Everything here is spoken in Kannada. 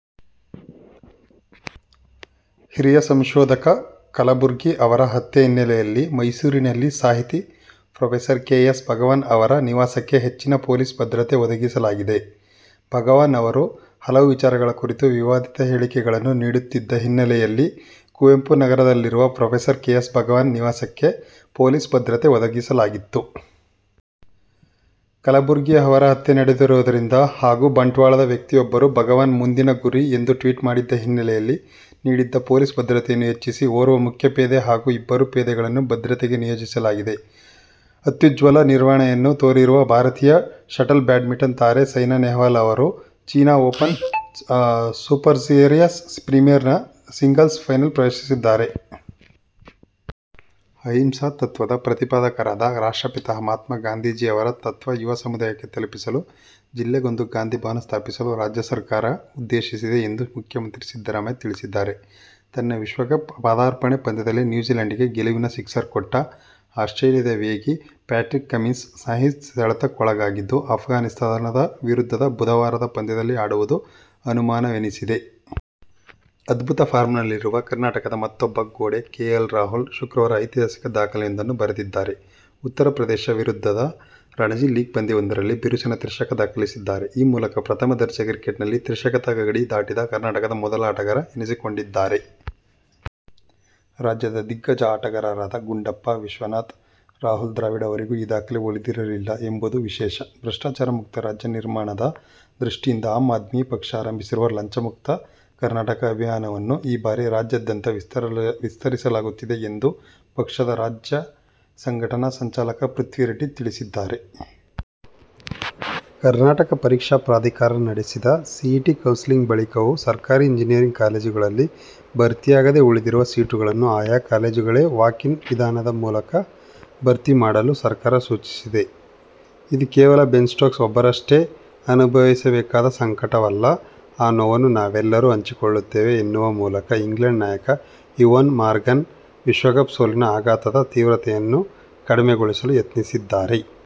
ಹಿರಿಯ ಸಂಶೋಧಕ ಕಲಬುರ್ಗಿ ಅವರ ಹತ್ಯೆ ಹಿನ್ನೆಲೆಯಲ್ಲಿ ಮೈಸೂರಿನಲ್ಲಿ ಸಾಹಿತಿ ಪ್ರೊ. ಕೆ. ಎಸ್. ಭಗವಾನ್ ಅವರ ನಿವಾಸಕ್ಕೆ ಹೆಚ್ಚಿನ ಪೊಲೀಸ್ ಭದ್ರತೆ ಒದಗಿಸಲಾಗಿದೆ. ಭಗವಾನ್ ಅವರು ಹಲವು ವಿಚಾರಗಳ ಕುರಿತು ವಿವಾದಿತ ಹೇಳಿಕೆಗಳನ್ನು ನೀಡುತ್ತಿದ್ದ ಹಿನ್ನೆಲೆಯಲ್ಲಿ ಕುವೆಂಪು ನಗರದಲ್ಲಿರುವ ಪ್ರೊ. ಕೆ. ಎಸ್. ಭಗವಾನ್ ನಿವಾಸಕ್ಕೆ ಪೊಲೀಸ್ ಭದ್ರತೆ ಒದಗಿಸಲಾಗಿತ್ತು. ಕಲಬುರ್ಗಿ ಅವರ ಹತ್ಯೆ ನಡೆದಿರುವುದರಿಂದ ಹಾಗೂ ಬಂಟ್ವಾಳದ ವ್ಯಕ್ತಿಯೊಬ್ಬರು ಭಗವಾನ್ ಮುಂದಿನ ಗುರಿ ಎಂದು ಟ್ವೀಟ್ ಮಾಡಿದ್ದ ಹಿನ್ನೆಲೆಯಲ್ಲಿ ನೀಡಿದ್ದ ಪೊಲೀಸ್ ಭದ್ರತೆಯನ್ನು ಹೆಚ್ಚಿಸಿ ಓರ್ವ ಮುಖ್ಯಪೇದೆ ಹಾಗೂ ಇಬ್ಬರು ಪೇದೆಗಳನ್ನು ಭದ್ರತೆಗೆ ನಿಯೋಜಿಸಲಾಗಿದೆ. ಅತ್ಯುಜ್ವಲ ನಿರ್ವಹಣೆಯನ್ನು ತೋರಿರುವ ಭಾರತೀಯ ಶಟಲ್ ಬ್ಯಾಡ್ಮಿಂಟನ್ ತಾರೆ ಸೈನಾ ನೆಹ್ವಾಲ್ ಅವರು ಚೀನ ಓಪನ್ ಸೂಪರ್ಸೀರಿಸ್ ಪ್ರೀಮಿಯರ್ನ ಸಿಂಗಲ್ಸ್ ಫೈನಲ್ ಪ್ರವೇಶಿಸಿದ್ದಾರೆ. ಅಹಿಂಸಾ ತತ್ವದ ಪ್ರತಿಪಾದಕರಾದ ರಾಷ್ಟ್ರಪಿತ ಮಹ್ಮಾತ್ಮ ಗಾಂಧೀಜಿಯವರ ತತ್ವ ಯುವ ಸಮುದಾಯಕ್ಕೆ ತಲುಪಿಸಲು ಜಿಲ್ಲೆಗೊಂದು ಗಾಂಧಿಭವನ ಸ್ಥಾಪಿಸಲು ರಾಜ್ಯ ಸರ್ಕಾರ ಉದ್ದೇಶಿಸಿದೆ ಎಂದು ಮುಖ್ಯಮಂತ್ರಿ ಸಿದ್ದರಾಮಯ್ಯ ತಿಳಿಸಿದ್ದಾರೆ. ತನ್ನ ವಿಶ್ವಕಪ್ ಪದಾರ್ಪಣಾ ಪಂದ್ಯದಲ್ಲೇ ನ್ಯೂಜಿಲ್ಯಾಂಡಿಗೆ ಗೆಲುವಿನ ಸಿಕ್ಸರ್ ಕೊಟ್ಟ ಆಸ್ಟ್ರೇಲಿಯದ ವೇಗಿ ಪ್ಯಾಟ್ರಿಕ್ ಕಮಿನ್ಸ್ ಸ್ನಾಯು ಸೆಳೆತಕ್ಕೊಳಗಾಗಿದ್ದು, ಅಫ್ಘಾನಿಸ್ಥಾನ ವಿರುದ್ಧದ ಬುಧವಾರದ ಪಂದ್ಯದಲ್ಲಿ ಆಡುವುದು ಅನುಮಾನವೆನಿಸಿದೆ. ಅದ್ಭುತ ಫಾರ್ಮ್ನಲ್ಲಿರುವ ಕರ್ನಾಟಕದ ಮತ್ತೂಬ್ಬ "ಗೋಡೆ' ಕೆ. ಎಲ್. ರಾಹುಲ್ ಶುಕ್ರವಾರ ಐತಿಹಾಸಿಕ ದಾಖಲೆಯೊಂದನ್ನು ಬರೆದಿದ್ದಾರೆ. ಉತ್ತರ ಪ್ರದೇಶ ವಿರುದ್ಧದ ರಣಜಿ ಲೀಗ್ ಪಂದ್ಯವೊಂದರಲ್ಲಿ ಬಿರುಸಿನ ತ್ರಿಶತಕ ದಾಖಲಿಸಿದ್ದಾರೆ. ಈ ಮೂಲಕ ಪ್ರಥಮ ದರ್ಜೆ ಕ್ರಿಕೆಟ್ನಲ್ಲಿ ತ್ರಿಶತಕ ಗಡಿ ದಾಟಿದ ಕರ್ನಾಟಕದ ಮೊದಲ ಆಟಗಾರ ಎನಿಸಿಕೊಂಡಿದ್ದಾರೆ. ರಾಜ್ಯದ ದಿಗ್ಗಜ ಆಟಗಾರರಾದ ಗುಂಡಪ್ಪ ವಿಶ್ವನಾಥ್, ರಾಹುಲ್ ದ್ರಾವಿಡ್ ಅವರಿಗೂ ಈ ದಾಖಲೆ ಒಲಿದಿರಲಿಲ್ಲ ಎಂಬುದು ವಿಶೇಷ. ಭ್ರಷ್ಟಾಚಾರ ಮುಕ್ತ ರಾಜ್ಯ ನಿರ್ಮಾಣದ ದೃಷ್ಟಿಯಿಂದ ಆಮ್ ಆದ್ಮಿ ಪಕ್ಷ ಆರಂಭಿಸಿರುವ ಲಂಚಮುಕ್ತ ಕರ್ನಾಟಕ ಅಭಿಯಾನವನ್ನು ಈ ಬಾರಿ ರಾಜ್ಯಾದ್ಯಂತ ವಿಸ್ತರಿಸಲಾಗುತ್ತಿದೆ ಎಂದು ಪಕ್ಷದ ರಾಜ್ಯ ಸಂಘಟನಾ ಸಂಚಾಲಕ ಪೃಥ್ವಿರೆಡ್ಡಿ ತಿಳಿಸಿದ್ದಾರೆ. ಕರ್ನಾಟಕ ಪರೀಕ್ಷಾ ಪ್ರಾಧಿಕಾರ ನಡೆಸಿದ ಸಿಇಟಿ ಕೌನ್ಸೆಲಿಂಗ್ ಬಳಿಕವೂ ಸರ್ಕಾರಿ ಇಂಜಿನಿಯರಿಂಗ್ ಕಾಲೇಜುಗಳಲ್ಲಿ ಭರ್ತಿಯಾಗದೆ ಉಳಿದಿರುವ ಸೀಟುಗಳನ್ನು ಆಯಾ ಕಾಲೇಜುಗಳೇ ವಾಕ್-ಇನ್ ವಿಧಾನದ ಮೂಲಕ ಭರ್ತಿ ಮಾಡಲು ಸರ್ಕಾರ ಸೂಚಿಸಿದೆ. "ಇದು ಕೇವಲ ಬೆನ್ ಸ್ಟೋಕ್ಸ್ ಒಬ್ಬರಷ್ಟೇ ಅನುಭವಿಸಬೇಕಾದ ಸಂಕಟವಲ್ಲ. ಆ ನೋವನ್ನು ನಾವೆಲ್ಲರೂ ಹಂಚಿಕೊಳ್ಳುತ್ತೇವೆ' ಎನ್ನುವ ಮೂಲಕ ಇಂಗ್ಲೆಂಡ್ ನಾಯಕ ಎವೋನ್ ಮಾರ್ಗನ್ ವಿಶ್ವಕಪ್ ಸೋಲಿನ ಆಘಾತದ ತೀವ್ರತೆಯನ್ನು ಕಡಿಮೆಗೊಳಿಸಲು ಯತ್ನಿಸಿದ್ದಾರೆ.